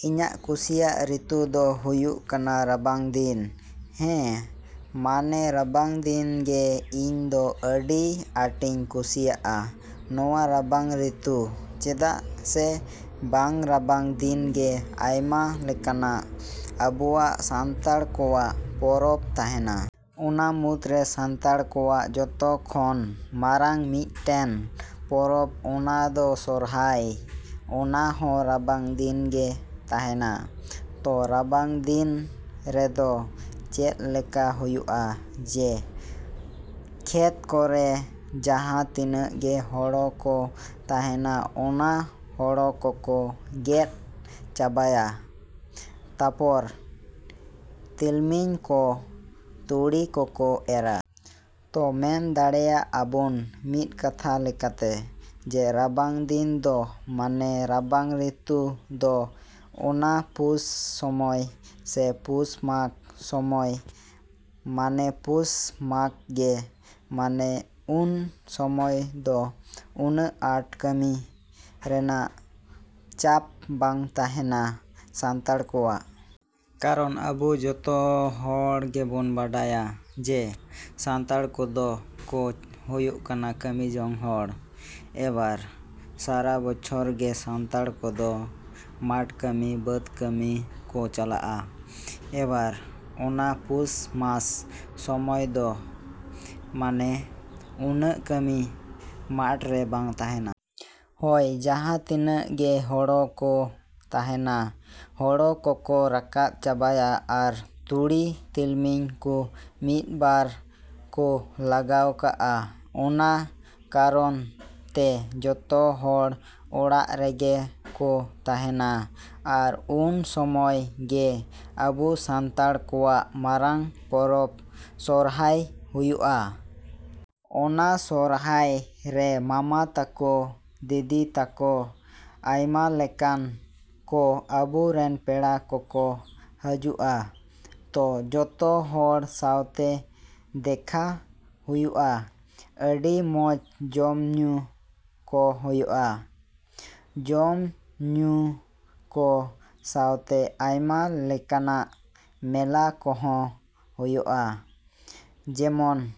‎ᱤᱧᱟᱜ ᱠᱩᱥᱤᱭᱟᱜ ᱨᱤᱛᱩ ᱫᱚ ᱦᱩᱭᱩᱜ ᱠᱟᱱᱟ ᱨᱟᱵᱟᱝ ᱫᱤᱱ᱾ ᱦᱮᱸ, ᱢᱟᱱᱮ ᱨᱟᱵᱟᱝ ᱫᱤᱱ ᱜᱮ ᱤᱧ ᱫᱚ ᱟᱹᱰᱤ ᱟᱸᱴᱤᱧ ᱠᱩᱥᱤᱭᱟᱜᱼᱟ ᱱᱚᱣᱟ ᱨᱟᱵᱟᱝ ᱨᱤᱛᱩ᱾ ᱪᱮᱫᱟᱜ ᱥᱮ ᱵᱟᱝ ᱨᱟᱵᱟᱝ ᱫᱤᱱ ᱜᱮ ᱟᱭᱢᱟ ᱞᱮᱠᱟᱱᱟᱜ ᱟᱵᱚᱣᱟᱜ ᱥᱟᱱᱛᱟᱲ ᱠᱚᱣᱟᱜ ᱯᱚᱨᱚᱵᱽ ᱛᱟᱦᱮᱱᱟ᱾ ᱚᱱᱟ ᱢᱩᱫᱽ ᱨᱮ ᱥᱟᱱᱛᱟᱲ ᱠᱚᱣᱟᱜ ᱡᱚᱛᱚ ᱠᱷᱚᱱ ᱢᱟᱨᱟᱝ ᱢᱤᱫᱴᱮᱱ ᱯᱚᱨᱚᱵᱽ ᱚᱱᱟ ᱫᱚ ᱥᱚᱨᱦᱟᱭ, ᱚᱱᱟ ᱦᱚᱸ ᱨᱟᱵᱟᱝ ᱫᱤᱱ ᱜᱮ ᱛᱟᱦᱮᱱᱟ᱾ ᱛᱚ ᱨᱟᱵᱟᱝ ᱫᱤᱱ ᱨᱮᱫᱚ ᱪᱮᱫ ᱞᱮᱠᱟ ᱦᱩᱭᱩᱜᱼᱟ ᱡᱮ ᱠᱷᱮᱛ ᱠᱚᱨᱮ ᱡᱟᱦᱟᱸ ᱛᱤᱱᱟᱹᱜ ᱜᱮ ᱦᱳᱲᱳ ᱠᱚ ᱛᱟᱦᱮᱱᱟ ᱚᱱᱟ ᱦᱳᱲᱳ ᱠᱚᱠᱚ ᱜᱮᱫ ᱪᱟᱵᱟᱭᱟ ᱛᱟᱯᱚᱨ ᱛᱤᱞᱢᱤᱧ ᱠᱚ, ᱛᱩᱲᱤ ᱠᱚ ᱠᱚ ᱮᱨᱟ᱾ ᱛᱚ ᱢᱮᱱ ᱫᱟᱲᱮᱭᱟᱜ ᱟᱵᱚᱱ ᱢᱤᱫ ᱠᱟᱛᱷᱟ ᱞᱮᱠᱟᱛᱮ ᱡᱮ ᱨᱟᱵᱟᱝ ᱫᱤᱱ ᱫᱚ ᱢᱟᱱᱮ ᱨᱟᱵᱟᱝ ᱨᱤᱛᱩ ᱫᱚ ᱚᱱᱟ ᱯᱩᱥ ᱥᱚᱢᱚᱭ ᱥᱮ ᱯᱩᱥ ᱢᱟᱜᱽ ᱥᱚᱢᱚᱭ, ᱢᱟᱱᱮ ᱯᱩᱥ ᱢᱟᱜᱽ ᱜᱮ ᱢᱟᱱᱮ ᱩᱱ ᱥᱚᱢᱚᱭ ᱫᱚ ᱩᱱᱟᱹᱜ ᱟᱴ ᱠᱟᱹᱢᱤ ᱨᱮᱱᱟᱜ ᱪᱟᱯ ᱵᱟᱝ ᱛᱟᱦᱮᱱᱟ ᱥᱟᱱᱛᱟᱲ ᱠᱚᱣᱟᱜ᱾ ᱠᱟᱨᱚᱱ ᱟᱵᱚ ᱡᱚᱛᱚ ᱦᱚᱲ ᱜᱮᱵᱚᱱ ᱵᱟᱲᱟᱭᱟ ᱡᱮ ᱥᱟᱱᱛᱟᱲ ᱠᱚᱫᱚ ᱠᱚ ᱦᱩᱭᱩᱜ ᱠᱟᱱᱟ ᱠᱟᱹᱢᱤ ᱡᱚᱝ ᱦᱚᱲ᱾ ᱮᱵᱟᱨ ᱥᱟᱨᱟ ᱵᱚᱪᱷᱚᱨ ᱜᱮ ᱥᱟᱱᱛᱟᱲ ᱠᱚᱫᱚ ᱢᱟᱴ ᱠᱟᱹᱢᱤ, ᱵᱟᱹᱫᱽ ᱠᱟᱹᱢᱤ ᱠᱚ ᱪᱟᱞᱟᱜᱼᱟ᱾ ᱮᱵᱟᱨ ᱚᱱᱟ ᱯᱩᱥ ᱢᱟᱥ ᱥᱚᱢᱚᱭ ᱫᱚ ᱢᱟᱱᱮ ᱩᱱᱟᱹᱜ ᱠᱟᱹᱢᱤ ᱢᱟᱴ ᱨᱮ ᱵᱟᱝ ᱛᱟᱦᱮᱱᱟ᱾ ᱦᱚᱭ, ᱡᱟᱦᱟᱸ ᱛᱤᱱᱟᱹᱜ ᱜᱮ ᱦᱳᱲᱳ ᱠᱚ ᱛᱟᱦᱮᱱᱟ ᱦᱳᱲᱳ ᱠᱚ ᱠᱚ ᱨᱟᱠᱟᱵᱽ ᱪᱟᱵᱟᱭᱟ ᱟᱨ ᱛᱩᱲᱤ ᱛᱤᱞᱢᱤᱧ ᱠᱚ ᱢᱤᱫ ᱵᱟᱨ ᱠᱚ ᱞᱟᱜᱟᱣ ᱠᱟᱜᱼᱟ᱾ ᱚᱱᱟ ᱠᱟᱨᱚᱱ ᱛᱮ ᱡᱚᱛᱚ ᱦᱚᱲ ᱚᱲᱟᱜ ᱨᱮᱜᱮ ᱠᱚ ᱛᱟᱦᱮᱱᱟ ᱟᱨ ᱩᱱ ᱥᱚᱢᱚᱭ ᱜᱮ ᱟᱵᱚ ᱥᱟᱱᱛᱟᱲ ᱠᱚᱣᱟᱜ ᱢᱟᱨᱟᱝ ᱯᱚᱨᱚᱵᱽ ᱥᱚᱨᱦᱟᱭ ᱦᱩᱭᱩᱜᱼᱟ᱾ ᱚᱱᱟ ᱥᱚᱨᱦᱟᱭ ᱨᱮ ᱢᱟᱢᱟ ᱛᱟᱠᱚ, ᱫᱤᱫᱤ ᱛᱟᱠᱚ, ᱟᱭᱢᱟ ᱞᱮᱠᱟᱱ ᱠᱚ ᱟᱵᱚ ᱨᱮᱱ ᱯᱮᱲᱟ ᱠᱚᱠᱚ ᱦᱟᱹᱡᱩᱜᱼᱟ᱾ ᱛᱚ ᱡᱚᱛᱚ ᱦᱚᱲ ᱥᱟᱣᱛᱮ ᱫᱮᱠᱷᱟ ᱦᱩᱭᱩᱜᱼᱟ, ᱟᱹᱰᱤ ᱢᱚᱡᱽ ᱡᱚᱢ ᱧᱩ ᱠᱚ ᱦᱩᱭᱩᱜᱼᱟ᱾ ᱡᱚᱢ ᱧᱩ ᱠᱚ ᱥᱟᱶᱛᱮ ᱟᱭᱢᱟ ᱞᱮᱠᱟᱱᱟᱜ ᱢᱮᱞᱟ ᱠᱚᱦᱚ ᱦᱩᱭᱩᱜᱼᱟ ᱡᱮᱢᱚᱱ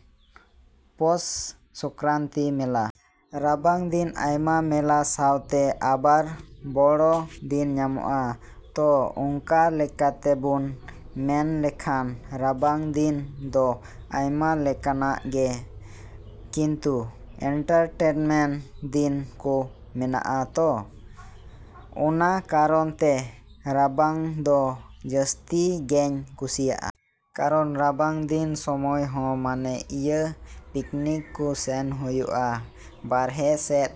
ᱯᱚᱥ ᱥᱚᱝᱠᱨᱟᱱᱛᱤ ᱢᱮᱞᱟ᱾ ᱨᱟᱵᱟᱝ ᱫᱤᱱ ᱟᱭᱢᱟ ᱢᱮᱞᱟ ᱥᱟᱶᱛᱮ ᱟᱵᱟᱨ ᱵᱚᱲᱚ ᱫᱤᱱ ᱧᱟᱢᱚᱜᱼᱟ᱾ ᱛᱚ ᱚᱱᱠᱟ ᱞᱮᱠᱟᱛᱮᱵᱚᱱ ᱢᱮᱱ ᱞᱮᱠᱷᱟᱱ ᱨᱟᱵᱟᱝ ᱫᱤᱱ ᱫᱚ ᱟᱭᱢᱟ ᱞᱮᱠᱟᱱᱟᱜ ᱜᱮ ᱠᱤᱱᱛᱩ ᱤᱱᱴᱟᱨᱴᱮᱱᱢᱮᱱᱴ ᱫᱤᱱ ᱠᱚ ᱢᱮᱱᱟᱜᱼᱟ᱾ ᱛᱚ ᱚᱱᱟ ᱠᱟᱨᱚᱱ ᱛᱮ ᱨᱟᱵᱟᱝ ᱫᱚ ᱡᱟᱹᱥᱛᱤ ᱜᱮᱧ ᱠᱩᱥᱤᱭᱟᱜᱼᱟ᱾ ᱠᱟᱨᱚᱱ ᱨᱟᱵᱟᱝ ᱫᱤᱱ ᱥᱚᱢᱚᱭ ᱦᱚᱸ ᱢᱟᱱᱮ ᱤᱭᱟᱹ ᱯᱤᱠᱱᱤᱠ ᱠᱚ ᱥᱮᱱ ᱦᱩᱭᱩᱜᱼᱟ, ᱵᱟᱨᱦᱮ ᱥᱮᱫ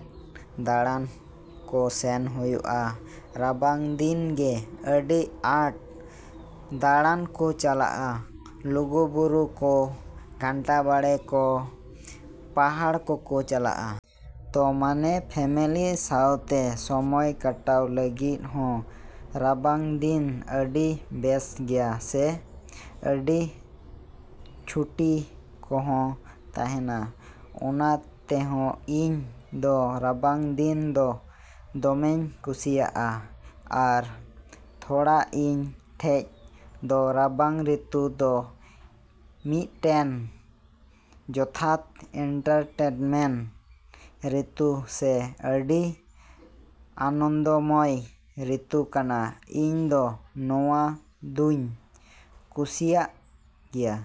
ᱫᱟᱬᱟᱱ ᱠᱚ ᱥᱮᱱ ᱦᱩᱭᱩᱜᱼᱟ᱾ ᱨᱟᱵᱟᱝ ᱫᱤᱱ ᱜᱮ ᱟᱹᱰᱤ ᱟᱸᱴ ᱫᱟᱬᱟᱱ ᱠᱚ ᱪᱟᱞᱟᱜᱼᱟ ᱞᱩᱜᱩᱵᱩᱨᱩ ᱠᱚ, ᱜᱷᱟᱱᱴᱟ ᱵᱟᱲᱮ ᱠᱚ, ᱯᱟᱦᱟᱲ ᱠᱚ ᱠᱚ ᱪᱟᱞᱟᱜᱼᱟ᱾ ᱛᱚ ᱢᱟᱱᱮ ᱯᱷᱮᱢᱮᱞᱤ ᱥᱟᱣᱛᱮ ᱥᱚᱢᱚᱭ ᱠᱟᱴᱟᱣ ᱞᱟᱹᱜᱤᱫ ᱦᱚᱸ ᱨᱟᱵᱟᱝ ᱫᱤᱱ ᱟᱹᱰᱤ ᱵᱮᱥᱴ ᱜᱮᱭᱟ ᱥᱮ ᱟᱹᱰᱤ ᱪᱷᱩᱴᱤ ᱠᱚᱦᱚᱸ ᱛᱟᱦᱮᱱᱟ᱾ ᱚᱱᱟ ᱛᱮᱦᱚᱸ ᱤᱧ ᱫᱚ ᱨᱟᱵᱟᱝ ᱫᱤᱱ ᱫᱚ ᱫᱚᱢᱮᱧ ᱠᱩᱥᱤᱭᱟᱜᱼᱟ ᱟᱨ ᱛᱷᱚᱲᱟ ᱤᱧ ᱴᱷᱮᱡ ᱫᱚ ᱨᱟᱵᱟᱝ ᱨᱤᱛᱩ ᱫᱚ ᱢᱤᱫᱴᱮᱱ ᱡᱚᱛᱷᱟᱛ ᱤᱱᱴᱟᱨᱴᱮᱱᱢᱮᱱᱴ ᱨᱤᱛᱩ ᱥᱮ ᱟᱹᱰᱤ ᱟᱱᱚᱱᱫᱚᱢᱚᱭ ᱨᱤᱛᱩ ᱠᱟᱱᱟ᱾ ᱤᱧ ᱫᱚ ᱱᱚᱣᱟ ᱫᱩᱧ ᱠᱩᱥᱤᱭᱟᱜ ᱜᱮᱭᱟ।